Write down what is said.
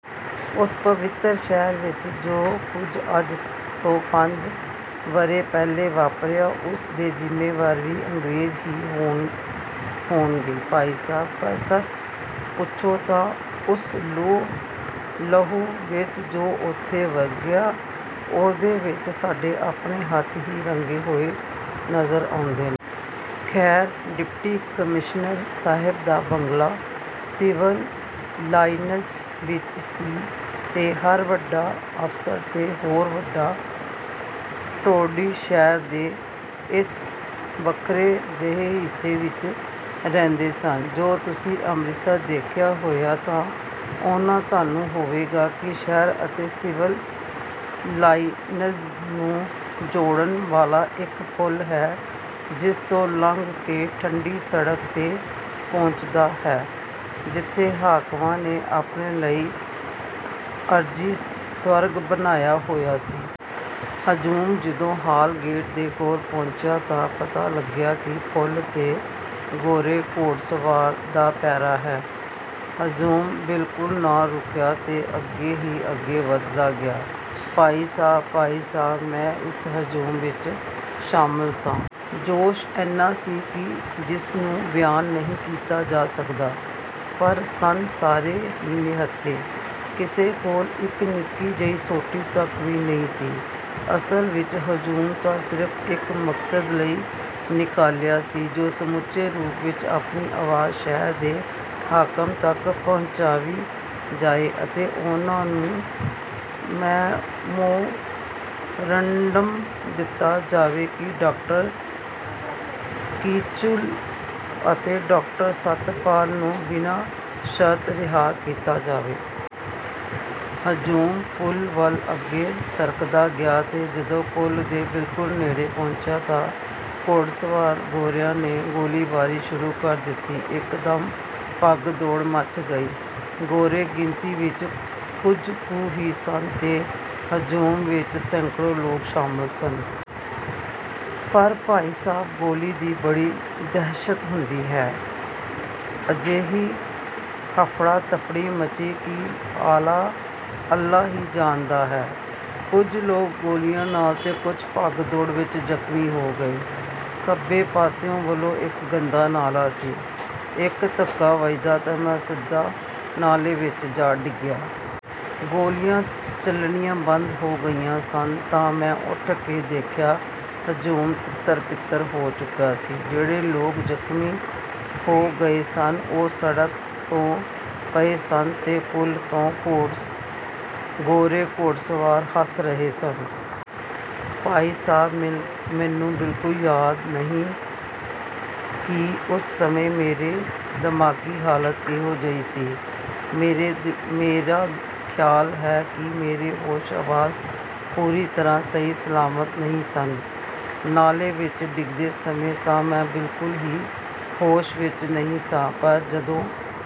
ਉਸ ਪਵਿੱਤਰ ਸ਼ਹਿਰ ਵਿੱਚ ਜੋ ਕੁਝ ਅੱਜ ਤੋਂ ਪੰਜ ਵਰ੍ਹੇ ਪਹਿਲਾਂ ਵਾਪਰਿਆ, ਉਹਦੇ ਜ਼ਿੰਮੇਵਾਰ ਵੀ ਅੰਗਰੇਜ਼ ਹੀ ਰਹੇ ਹੋਣਗੇ ਭਾਈ ਸਾਹਿਬ। ਪਰ ਸੱਚ ਪੁੱਛੋ ਤਾਂ ਉਸ ਲਹੂ ਵਿੱਚ ਜੋ ਉੱਥੇ ਵਗਿਆ, ਉਹਦੇ ਵਿੱਚ ਸਾਡੇ ਆਪਣੇ ਹੱਥ ਵੀ ਰੰਗੇ ਹੋਏ ਨਜ਼ਰ ਆਉਂਦੇ ਨੇ। ਖੈਰ, ਡਿਪਟੀ ਕਮਿਸ਼ਨਰ ਸਾਹਿਬ ਦਾ ਬੰਗਲਾ ਸਿਵਲ ਲਾਈਨਜ਼ ਵਿੱਚ ਸੀ ਤੇ ਹਰ ਵੱਡਾ ਅਫ਼ਸਰ ਤੇ ਹਰ ਵੱਡਾ ਟੋਡੀ ਸ਼ਹਿਰ ਦੇ ਇਸ ਵੱਖਰੇ ਜਿਹੇ ਹਿੱਸੇ ਵਿੱਚ ਰਹਿੰਦੇ ਸਨ। ਜੋ ਤੁਸੀਂ ਅੰਮ੍ਰਿਤਸਰ ਦੇਖਿਆ ਹੋਯਾ ਤਾਂ ਤੁਹਾਨੂੰ ਪਤਾ ਹੋਵੇਗਾ ਕਿ ਸ਼ਹਿਰ ਅਤੇ ਸਿਵਲ ਲਾਈਨਜ਼ ਨੂੰ ਜੋੜਨ ਵਾਲਾ ਇੱਕ ਪੁਲ ਹੈ, ਜਿਸ 'ਤੋਂ ਲੰਘ ਕੇ ਠੰਢੀ ਸੜਕ 'ਤੇ ਪਹੁੰਚੀਦਾ ਹੈ, ਜਿੱਥੇ ਹਾਕਮਾਂ ਨੇ ਆਪਣੇ ਲਈ ਆਰਜ਼ੀ ਸਵਰਗ ਬਣਾਇਆ ਹੋਇਆ ਸੀ। ਹਜੂਮ ਜਦੋਂ ਹਾਲ ਗੇਟ ਦੇ ਕੋਲ ਪਹੁੰਚਿਆ ਤਾਂ ਪਤਾ ਲੱਗਿਆ ਕਿ ਪੁਲ 'ਤੇ ਗੋਰੇ ਘੋੜਸਵਾਰਾਂ ਦਾ ਪਹਿਰਾ ਹੈ। ਹਜੂਮ ਬਿਲਕੁਲ ਨਾ ਰੁਕਿਆ ਤੇ ਅੱਗੇ ਹੀ ਅੱਗੇ ਵਧਦਾ ਗਿਆ। ਭਾਈ ਸਾਹਿਬ, ਭਾਈ ਸਾਹਿਬ ਮੈਂ ਇਸ ਹਜੂਮ ਵਿੱਚ ਸ਼ਾਮਲ ਸਾਂ। ਜੋਸ਼ ਏਨਾ ਸੀ ਕਿ ਜਿਸਨੂੰ ਬਿਆਨ ਨਹੀਂ ਕੀਤਾ ਜਾ ਸਕਦਾ, ਪਰ ਸਨ ਸਾਰੇ ਹੀ ਨਿਹੱਥੇ। ਕਿਸੇ ਕੋਲ ਇੱਕ ਨਿੱਕੀ ਜਿਹੀ ਸੋਟੀ ਤੱਕ ਵੀ ਨਹੀਂ ਸੀ। ਅਸਲ ਵਿੱਚ ਹਜੂਮ ਤਾਂ ਸਿਰਫ਼ ਇਸ ਮਕਸਦ ਨਾਲ ਨਿਕਲਿਆ ਸੀ ਕਿ ਸਮੁੱਚੇ ਰੂਪ ਵਿੱਚ ਆਪਣੀ ਆਵਾਜ਼ ਸ਼ਹਿਰ ਦੇ ਹਾਕਮ ਤੱਕ ਪਹੁੰਚਾਈ ਜਾਵੇ ਅਤੇ ਉਨ੍ਹਾਂ ਨੂੰ ਮੈਮੋਰੰਡਮ ਦਿੱਤਾ ਜਾਵੇ ਕਿ ਡਾਕਟਰ ਕਿਚਲੂ ਅਤੇ ਡਾਕਟਰ ਸੱਤਪਾਲ ਨੂੰ ਬਿਨਾਂ ਸ਼ਰਤ ਰਿਹਾ ਕੀਤਾ ਜਾਵੇ। ਹਜੂਮ ਪੁਲ ਵੱਲ ਅੱਗੇ ਸਰਕਦਾ ਗਿਆ ਤੇ ਜਦੋਂ ਪੁਲ ਦੇ ਬਿਲਕੁਲ ਨੇੜੇ ਪਹੁੰਚਿਆ ਤਾਂ ਘੋੜਸਵਾਰ ਗੋਰਿਆਂ ਨੇ ਗੋਲੀਬਾਰੀ ਸ਼ੁਰੂ ਕਰ ਦਿੱਤੀ। ਇੱਕਦਮ ਭਗਦੜ ਮੱਚ ਗਈ। ਗੋਰੇ ਗਿਣਤੀ ਵਿੱਚ ਕੁਝ ਕੁ ਹੀ ਸਨ ਤੇ ਹਜੂਮ ਵਿੱਚ ਸੈਂਕੜੇ ਲੋਕ ਸ਼ਾਮਲ ਸਨ। ਪਰ ਭਾਈ ਸਾਹਿਬ ਗੋਲੀ ਦੀ ਬੜੀ ਦਹਿਸ਼ਤ ਹੁੰਦੀ ਹੈ। ਅਜਿਹੀ ਹਫੜਾ-ਦਫੜੀ ਮੱਚੀ ਕਿ ਅੱਲ੍ਹਾ ਹੀ ਜਾਣਦਾ ਹੈ। ਕੁਝ ਲੋਕ ਗੋਲੀਆਂ ਨਾਲ ਅਤੇ ਕੁਝ ਭਗਦੜ ਵਿੱਚ ਜ਼ਖ਼ਮੀ ਹੋ ਗਏ। ਖੱਬੇ ਪਾਸੇ ਵੱਲ ਇੱਕ ਗੰਦਾ ਨਾਲਾ ਸੀ; ਇੱਕ ਧੱਕਾ ਵੱਜਦਾ ਤਾਂ ਮੈਂ ਸਿੱਧਾ ਨਾਲੇ ਵਿੱਚ ਜਾ ਡਿੱਗਿਆ। ਗੋਲੀਆਂ ਚਲਣੀਆਂ ਬੰਦ ਹੋ ਗਈਆਂ ਤਾਂ ਮੈਂ ਉੱਠ ਕੇ ਦੇਖਿਆ ਹਜੂਮ ਤਿੱਤਰ-ਬਿੱਤਰ ਹੋ ਚੁੱਕਾ ਸੀ। ਜਿਹੜੇ ਲੋਕ ਜ਼ਖ਼ਮੀ ਹੋ ਗਏ ਸਨ, ਉਹ ਸੜਕ 'ਤੇ ਪਏ ਸਨ ਤੇ ਪੁਲ 'ਤੇ ਗੋਰੇ ਘੋੜਸਵਾਰ ਹੱਸ ਰਹੇ ਸਨ। ਭਾਈ ਸਾਹਿਬ ਮੈਨੂੰ ਬਿਲਕੁਲ ਯਾਦ ਨਹੀਂ ਕਿ ਉਸ ਸਮੇਂ ਮੇਰੀ ਦਿਮਾਗ਼ੀ ਹਾਲਤ ਕਿਹੋ ਜਿਹੀ ਸੀ। ਮੇਰਾ ਖਿਆਲ ਹੈ ਕਿ ਮੇਰੇ ਹੋਸ਼ੋ-ਹਵਾਸ ਪੂਰੀ ਤਰ੍ਹਾਂ ਸਹੀ ਸਲਾਮਤ ਨਹੀਂ ਸਨ। ਨਾਲੇ ਵਿੱਚ ਡਿੱਗਦੇ ਸਮੇਂ ਤਾਂ ਮੈਂ ਬਿਲਕੁਲ ਹੀ ਹੋਸ਼ ਵਿੱਚ ਨਹੀਂ ਸਾਂ। ਪਰ ਜਦੋਂ